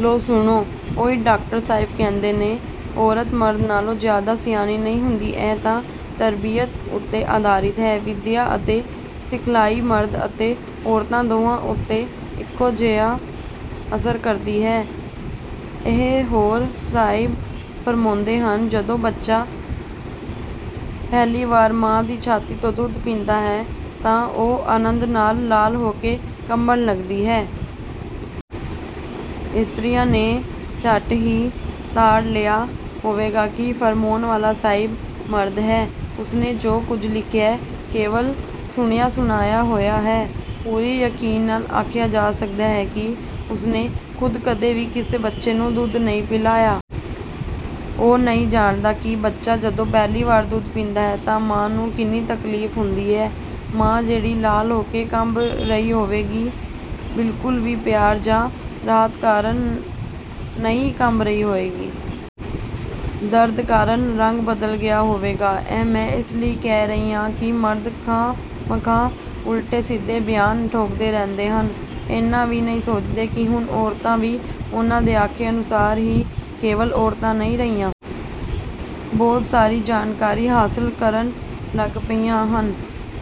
ਲਓ ਸੁਣੋ, ਉਹੀ ਡਾਕਟਰ ਸਾਹਿਬ ਕਹਿੰਦੇ ਨੇ--ਔਰਤ ਮਰਦ ਨਾਲੋਂ ਜ਼ਿਆਦਾ ਸਿਆਣੀ ਨਹੀਂ ਹੁੰਦੀ। ਇਹ ਤਾਂ ਤਰਬੀਅਤ ਉੱਤੇ ਆਧਾਰਿਤ ਹੈ। ਵਿੱਦਿਆ ਅਤੇ ਸਿਖਲਾਈ ਮਰਦ ਅਤੇ ਔਰਤ ਦੋਹਾਂ ਉੱਤੇ ਇੱਕੋ ਜਿਹਾ ਅਸਰ ਕਰਦੀ ਹੈ। ਇੱਕ ਹੋਰ ਸਾਹਿਬ ਫ਼ਰਮਾਉਂਦੇ ਹਨ: 'ਜਦੋਂ ਬੱਚਾ ਪਹਿਲੀ ਵਾਰ ਮਾਂ ਦੀ ਛਾਤੀ ਤੋਂ ਦੁੱਧ ਪੀਂਦਾ ਹੈ ਤਾਂ ਉਹ ਆਨੰਦ ਨਾਲ ਲਾਲ ਹੋ ਕੇ ਕੰਬਣ ਲੱਗਦੀ ਹੈ।' ਇਸਤਰੀਆਂ ਨੇ ਝੱਟ ਹੀ ਤਾੜ ਲਿਆ ਹੋਵੇਗਾ ਕਿ ਫ਼ਰਮਾਉਣ ਵਾਲਾ ਸਾਹਿਬ 'ਮਰਦ' ਹੈ। ਉਸਨੇ ਜੋ ਕੁਝ ਲਿਖਿਆ ਕੇਵਲ ਸੁਣਿਆ-ਸੁਣਾਇਆ ਹੋਇਆ ਹੈ। ਪੂਰੇ ਯਕੀਨ ਨਾਲ ਆਖਿਆ ਜਾ ਸਕਦਾ ਹੈ ਕਿ ਉਸਨੇ ਖੁਦ ਕਦੇ ਵੀ ਕਿਸੇ ਬੱਚੇ ਨੂੰ ਦੁੱਧ ਨਹੀਂ ਪਿਲਾਇਆ। ਉਹ ਨਹੀਂ ਜਾਣਦਾ ਕਿ ਬੱਚਾ ਜਦੋਂ ਪਹਿਲੀ ਵਾਰ ਦੁੱਧ ਪੀਂਦਾ ਹੈ ਤਾਂ ਮਾਂ ਨੂੰ ਕਿੰਨੀ ਤਕਲੀਫ਼ ਹੁੰਦੀ ਹੈ। ਮਾਂ, ਜਿਹੜੀ 'ਲਾਲ' ਹੋ ਕੇ ਕੰਬ ਰਹੀ ਹੋਵੇਗੀ, ਬਿਲਕੁਲ ਵੀ ਪਿਆਰ ਜਾਂ ਰਾਹਤ ਕਾਰਨ ਨਹੀਂ ਕੰਬ ਰਹੀ ਹੋਵੇਗੀ। ਦਰਦ ਕਾਰਨ ਰੰਗ ਬਦਲ ਗਿਆ ਹੋਵੇਗਾ। ਇਹ ਮੈਂ ਇਸ ਲਈ ਕਹਿ ਰਹੀ ਹਾਂ ਕਿ ਮਰਦ ਖਾਹ-ਮਖਾਹ ਉਲਟੇ-ਸਿੱਧੇ ਬਿਆਨ ਠੋਕਦੇ ਰਹਿੰਦੇ ਹਨ। ਇੰਨਾ ਵੀ ਨਹੀਂ ਸੋਚਦੇ ਕਿ ਹੁਣ ਔਰਤਾਂ ਵੀ ਉਹਨਾਂ ਦੇ ਆਖੇ ਅਨੁਸਾਰ ਹੀ ਕੇਵਲ ਔਰਤਾਂ ਨਹੀਂ ਰਹੀਆਂ। ਬਹੁਤ ਸਾਰੀ ਜਾਣਕਾਰੀ ਹਾਸਲ ਕਰਨ ਲੱਗ ਪਈਆਂ ਹਨ।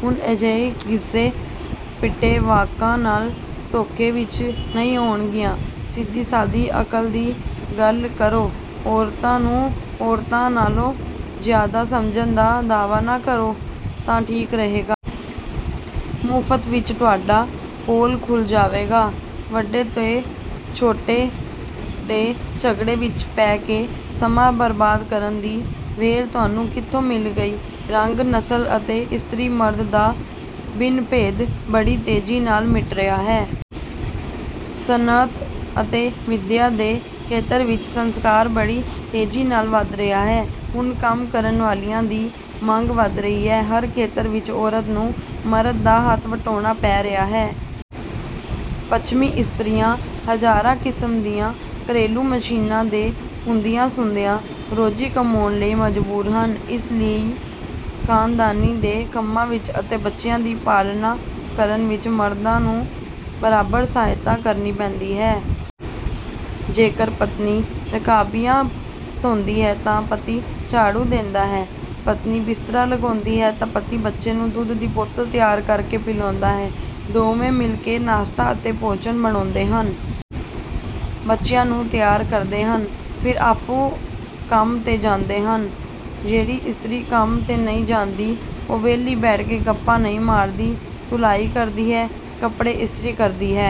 ਹੁਣ ਅਜਿਹੇ ਘਿਸੇ-ਪਿਟੇ ਵਾਕਾਂ ਨਾਲ ਧੋਖੇ ਵਿੱਚ ਨਹੀਂ ਆਉਣਗੀਆਂ। ਸਿੱਧੀ-ਸਾਦੀ ਅਕਲ ਦੀ ਗੱਲ ਕਰੋ। ਔਰਤਾਂ ਨੂੰ ਔਰਤਾਂ ਨਾਲੋਂ ਜ਼ਿਆਦਾ ਸਮਝਣ ਦਾ ਦਾਅਵਾ ਨਾ ਕਰੋ ਤਾਂ ਠੀਕ ਰਹੇਗਾ। ਮੁਫ਼ਤ ਵਿੱਚ ਤੁਹਾਡਾ ਪੋਲ ਖੁੱਲ੍ਹ ਜਾਵੇਗਾ। ਵੱਡੇ ਤੇ ਛੋਟੇ ਦੇ ਝਗੜੇ ਵਿੱਚ ਪੈ ਕੇ ਸਮਾਂ ਬਰਬਾਦ ਕਰਨ ਦੀ ਵਿਹਲ ਤੁਹਾਨੂੰ ਕਿੱਥੋਂ ਮਿਲ ਗਈ। ਰੰਗ, ਨਸਲ ਅਤੇ ਇਸਤਰੀ-ਮਰਦ ਦਾ ਭਿੰਨ-ਭੇਦ ਬੜੀ ਤੇਜ਼ੀ ਨਾਲ ਮਿਟ ਰਿਹਾ ਹੈ। ਸਨਅਤ ਅਤੇ ਵਿੱਦਿਆ ਦੇ ਖੇਤਰ ਵਿੱਚ ਸੰਸਾਰ ਬੜੀ ਤੇਜ਼ੀ ਨਾਲ ਵੱਧ ਰਿਹਾ ਹੈ। ਹੁਣ ਕੰਮ ਕਰਨ ਵਾਲਿਆਂ ਦੀ ਮੰਗ ਵੱਧ ਰਹੀ ਹੈ। ਹਰ ਖੇਤਰ ਵਿੱਚ ਔਰਤ ਨੂੰ ਮਰਦ ਦਾ ਹੱਥ ਵਟਾਉਣਾ ਪੈ ਰਿਹਾ ਹੈ। ਪੱਛਮੀ ਇਸਤਰੀਆਂ, ਹਜ਼ਾਰਾਂ ਕਿਸਮ ਦੀਆਂ ਘਰੇਲੂ ਮਸ਼ੀਨਾਂ ਦੇ ਹੁੰਦਿਆਂ-ਸੁੰਦਿਆਂ, ਰੋਜ਼ੀ ਕਮਾਉਣ ਲਈ ਮਜਬੂਰ ਹਨ। ਇਸ ਲਈ ਖਾਨਦਾਨੀ ਦੇ ਕੰਮਾਂ ਵਿੱਚ ਅਤੇ ਬੱਚਿਆਂ ਦੀ ਪਾਲਣਾ ਕਰਨ ਵਿੱਚ ਮਰਦਾਂ ਨੂੰ ਬਰਾਬਰ ਸਹਾਇਤਾ ਕਰਨੀ ਪੈਂਦੀ ਹੈ। ਜੇਕਰ ਪਤਨੀ ਰਕਾਬੀਆਂ ਧੋਂਦੀ ਹੈ ਤਾਂ ਪਤੀ ਝਾੜੂ ਦਿੰਦਾ ਹੈ। ਪਤਨੀ ਬਿਸਤਰਾ ਲਗਾਉਂਦੀ ਹੈ ਤਾਂ ਪਤੀ ਬੱਚੇ ਨੂੰ ਦੁੱਧ ਦੀ ਬੋਤਲ ਤਿਆਰ ਕਰਕੇ ਪਿਲਾਉਂਦਾ ਹੈ। ਦੋਵੇਂ ਮਿਲ ਕੇ ਨਾਸ਼ਤਾ ਅਤੇ ਭੋਜਨ ਬਣਾਉਂਦੇ ਹਨ। ਬੱਚਿਆਂ ਨੂੰ ਤਿਆਰ ਕਰਦੇ ਹਨ। ਫਿਰ ਆਪੂੰ ਕੰਮ 'ਤੇ ਜਾਂਦੇ ਹਨ। ਜਿਹੜੀ ਇਸਤਰੀ ਕੰਮ 'ਤੇ ਨਹੀਂ ਜਾਂਦੀ, ਉਹ ਵਿਹਲੀ ਬੈਠ ਕੇ ਗੱਪਾਂ ਨਹੀਂ ਮਾਰਦੀ। ਧੁਲਾਈ ਕਰਦੀ ਹੈ, ਕੱਪੜੇ ਇਸਤਰੀ ਕਰਦੀ ਹੈ।